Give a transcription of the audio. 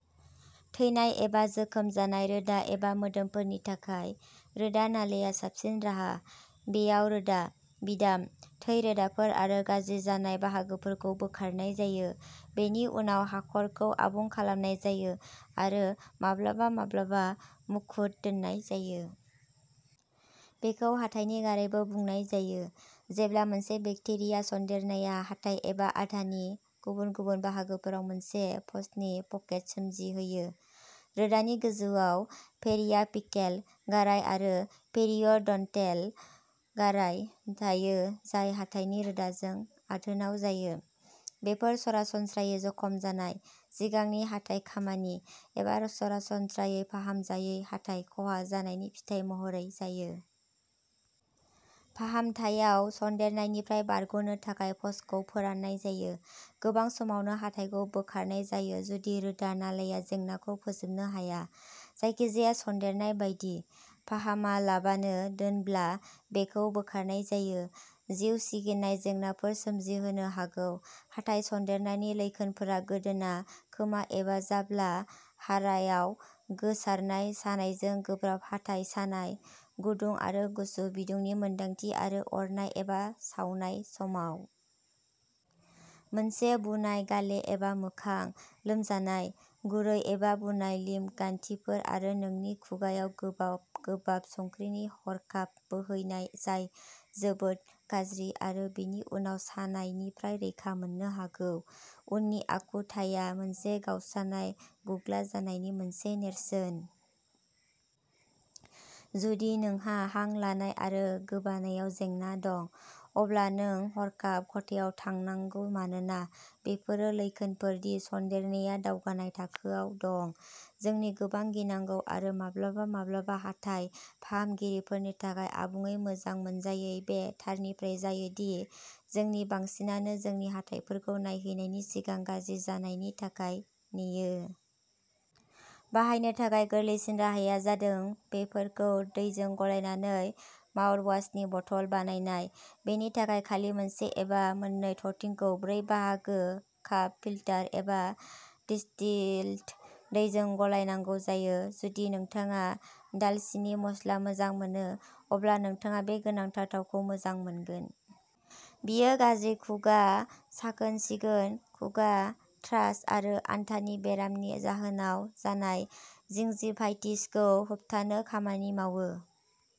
थैनाय एबा जोखोम जानाय रोदा एबा मोदोमफोरनि थाखाय, रोदा नालाया साबसिन राहा। बेयाव रोदा, बिदाम, थै रोदाफोर आरो गाज्रि जानाय बाहागोफोरखौ बोखारनाय जायो। बेनि उनाव हाखरखौ आबुं खालामनाय जायो आरो माब्लाबा-माब्लाबा मुकुट दोननाय जायो। बेखौ हाथाइनि गारायबो बुंनाय जायो, जेब्ला मोनसे बेक्टेरिया सन्देरनाया हाथाइ एबा आथानि गुबुन-गुबुन बाहागोफोराव मोनसे पसनि पकेट सोमजिहोयो। रोदानि गोजौआव पेरियापिकेल गाराय आरो पेरिय'डन्टेल गाराय थायो जाय हाथाइनि रोदाजों आथोनाव जायो। बेफोर सरासनस्रायै जखम जानाय, सिगांनि हाथाइ खामानि, एबा सरासनस्रायै फाहामजायै हाथाइ ख'हा जानायनि फिथाय महरै जायो। फाहामथायाव सन्देरनायनिफ्राय बारग'नो थाखाय पसखौ फोराननाय जायो। गोबां समावनो हाथाइखौ बोखारनाय जायो जुदि रोदा नालाया जेंनाखौ फोजोबनो हाया। जायखिजाया सन्देरनाय बायदि, फाहामालाबानो दोनब्ला, बेखौ बोखारनाय जायो। जिउ सिगिनाय जेंनाफोर सोमजिहोनो हागौ। हाथाइ सन्देरनायनि लैखोनफोरा गोदोना, खोमा एबा जाब्ला हाराआव गोसारनाय सानायजों गोब्राब हाथाइ सानाय, गुदुं आरो गुसु बिदुंनि मोनदांथि आरो अरनाय एबा सावनाय समाव। मोनसे बुनाय गाले एबा मोखां, लोमजानाय, गुरै एबा बुनाय लिम्फ गान्थिफोर आरो नोंनि खुगाआव गोबाब गोबाब संख्रिनि हरखाब बोहैनाय जाय जोबोद गाज्रि आरो बेनि उनाव सानायनिफ्राय रैखा मोननो हागौ। उननि आखुथाया मोनसे गावस्रानाय गुग्ला जानायनि मोनसे नेरसोन। जुदि नोंहा हां लानाय आरो गोबानायाव जेंना दं, अब्ला नों हरखाब खथायाव थांनांगौ मानोना बेफोरो लैखोनफोर दि सन्देरनाया दावगानाय थाखोआव दं। जोंनि गोबां गिनांगौ आरो माब्लाबा-माब्लाबा हाथाइ फाहामगिरिफोरनि थाखाय आबुङै मोजां मोनजायैआ बे थारनिफ्राय जायो दि जोंनि बांसिनानो जोंनि हाथाइफोरखौ नायहैनायनि सिगां गाज्रि जानायनि थाखाय नेयो। बाहायनो थाखाय गोरलैसिन राहाया जादों बेफोरखौ दैजों गलायनानै माउथवाशनि बथल बानायनाय। बेनि थाखाय खालि मोनसे एबा मोननै थरथिंखौ ब्रै बाहागो काप फिल्टार एबा डिस्टिल्ड दैजों गलायनांगौ जायो। जुदि नोंथाङा दालसिनि मस्ला मोजां मोनो, अब्ला नोंथाङा बे गोनांथार थावखौ मोजां मोनगोन। बेयो गाज्रि खुगा साखोन-सिखोन, खुगा थ्रास आरो आन्थानि बेरामनि जाहोनाव जानाय जिंजिभाइटिसखौ होबथानो खामानि मावो।